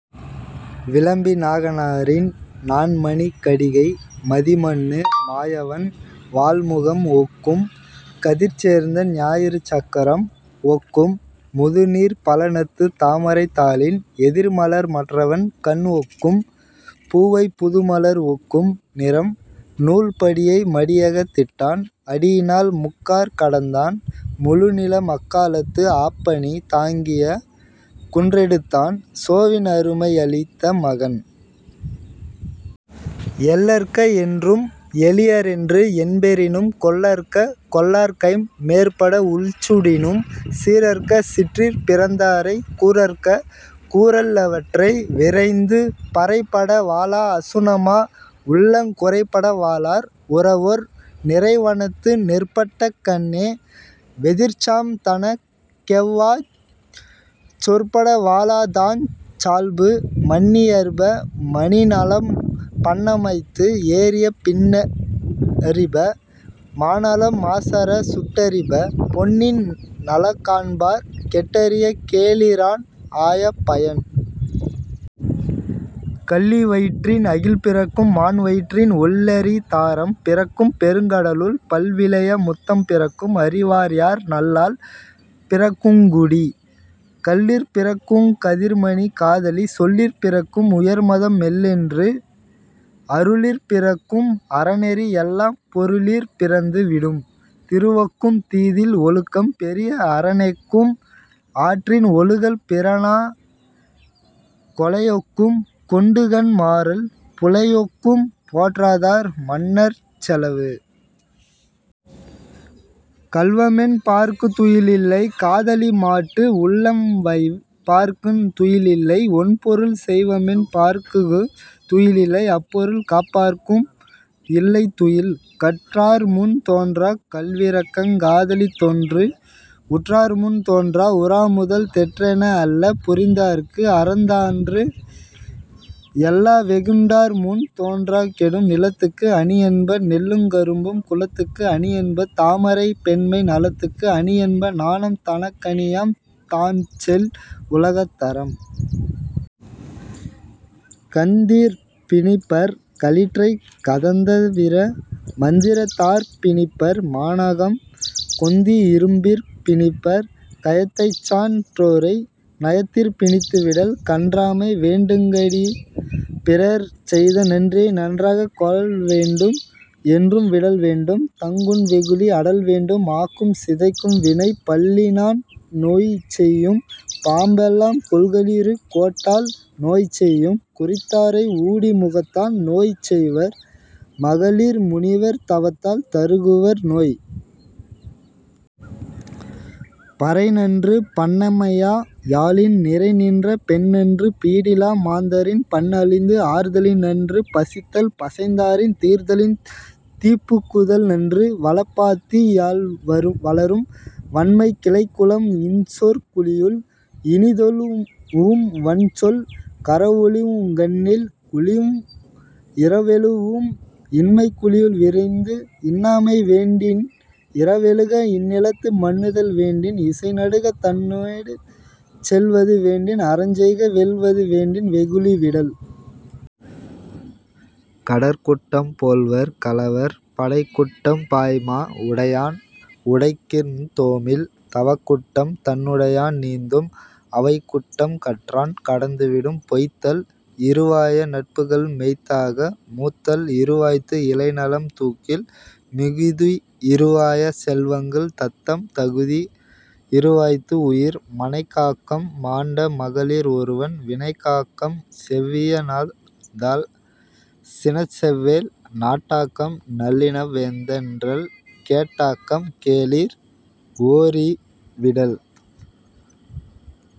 விளம்பிநாகனாரின் "நான்மணிக்கடிகை" மதிமன்னு மாயவன் வாள்முகம் ஒக்கும் கதிர்சேர்ந்த ஞாயிறு சக்கரம் ஒக்கும் முதுநீர்ப் பழனத்துத் தாமரைத் தாளின் எதிர்மலர் மற்றவன் கண்ஒக்கும் பூவைப் புதுமலர் ஒக்கும் நிறம். நூல் படியை மடியகத் திட்டான் அடியினால் முக்காற் கடந்தான் முழுநிலம் அக்காலத்து ஆப்பனி தாங்கிய குன்றெடுத்தான் சோவின் அருமை யழித்த மகன். எள்ளற்க என்றும் எளியரென்று என்பெறினும் கொள்ளற்க கொள்ளார்கைம் மேற்பட உள்சுடினும் சீறற்க சிற்றிற் பிறந்தாரைக் கூறற்க கூறல் லவற்றை விரைந்து. பறைபட வாழா அசுணமா உள்ளங் குறைபட வாழார் உரவோர் நிறைவனத்து நெற்பட்ட கண்ணே வெதிர்சாம் தனக்கொவ்வாச் சொற்பட வாழாதாஞ் சால்பு. மண்ணி யறிப மணிநலம் பண்ணமைத்து ஏறிய பின்னறிப மாநலம் மாசறச் சுட்டறிப பொன்னின் நலங்காண்பார் கெட்டறிப கேளிரான் ஆய பயன். கள்ளி வயிற்றின் அகில்பிறக்கும் மான்வயிற்றின் ஒள்ளரி தாரம் பிறக்கும் பெருங்கடலுள் பல்விலைய முத்தம் பிறக்கும் அறிவார்யார் நல்லாள் பிறக்குங் குடி. கல்லிற் பிறக்குங் கதிர்மணி காதலி சொல்லிற் பிறக்கும் உயர்மதம் மெல்லென்று அருளிற் பிறக்கும் அறநெறி எல்லாம் பொருளிற் பிறந்து விடும். திருவொக்கும் தீதில் ஒழுக்கம் பெரிய அறனொக்கும் ஆற்றின் ஒழுகல் பிறானக் கொலையொக்கும் கொண்டுகண் மாறல் புலையொக்கும் போற்றாதார் மன்னர்ச் செலவு. கள்வமென் பார்க்குந் துயிலில்லை காதலிமாட்டு உள்ளம்வைப் பார்க்குந் துயிலில்லை ஒண்பொருள் செய்வமென் பார்ககுந் துயிலில்லை அப்பொருள் காப்பார்க்கும் இல்லை துயில். கற்றார்முன் தோன்றா கழிவிரக்கங் காதலித்தொன்று உற்றார்முன் தோன்றா உறாமுதல் தெற்றென அல்ல புரிந்தார்க்கு அறந்தோன்றா எல்லாம் வெகுண்டார்முன் தோன்றா கெடும். நிலத்துக்கு அணியென்ப நெல்லுங் கரும்பும் குளத்துக்கு அணியென்ப தாமரை பெண்மை நலத்துக்கு அணியென்ப நாணம் தனக்கணியாம் தான்செல் உலகத் தறம். கந்திற் பிணிப்பர் களிற்றைக் கதந்தவிர மந்திரத் தாற்பிணிப்பர் மாநாகம் கொந்தி இரும்பிற் பிணிப்பர் கயத்தைச்சான் றோரை நயத்திற் பிணித்து விடல். கன்றாமை வேண்டுங் கடிய பிறர்செய்த நன்றியை நன்றாக் கொளல்வேண்டும் என்றும் விடல்வேண்டும் தங்கண் வெகுளி அடல்வேண்டும் ஆக்கும் சிதைக்கும் வினை. பல்லினான் நோய்செய்யும் பாம்பெலாம் கொல்களிறு கோட்டால் நோய்செய்யும் குறித்தாரை ஊடி முகத்தான் நோய்செய்வர் மகளிர் முனிவர் தவத்தால் தருகுவர் நோய். பறைநன்று பண்ணமையா யாழின் நிறைநின்ற பெண்நன்று பீடிலா மாந்தரின் பண்அழிந்து ஆர்தலின்நன்று பசித்தல் பசைந்தாரின் தீர்தலின் தீப்புகுதல் நன்று. வளப்பாத்தி யுள்வளரும் வண்மை கிளைக்குழம் இன்சொற் குழியுள் இனிதெழூஉம் வன்சொல் கரவெழூஉங் கண்ணில் குழியுள் இரவெழூஉம் இன்மைக் குழியுள் விரைந்து. இன்னாமை வேண்டின் இரவெழுக இந்நிலத்து மன்னுதல் வேண்டின் இசைநடுக தன்னொடு செல்வது வேண்டின் அறஞ்செய்க வெல்வது வேண்டின் வெகுளி விடல். கடற்குட்டம் போழ்வர் கலவர் படைக்குட்டம் பாய்மா உடையான் உடைக்கிற்குந் தோமில் தவக்குட்டம் தன்னுடையான் நீந்தும் அவைக்குட்டம் கற்றான் கடந்து விடும். பொய்த்தல் இறுவாய நட்புகள் மெய்த்தாக மூத்தல் இறுவாய்த்து இளைநலம் தூக்கில் மிகுதி இறுவாய செல்வங்கள் தத்தம் தகுதி இறுவாய்த்து உயிர். மனைக்காக்கம் மாண்ட மகளிர் ஒருவன் வினைக்காக்கம் செவ்விய னாதல் சினச்செவ்வேல் நாட்டாக்கம் நல்லனிவ் வேந்தென்றல் கேட்டாக்கம் கேளிர் ஒரீஇ விடல்.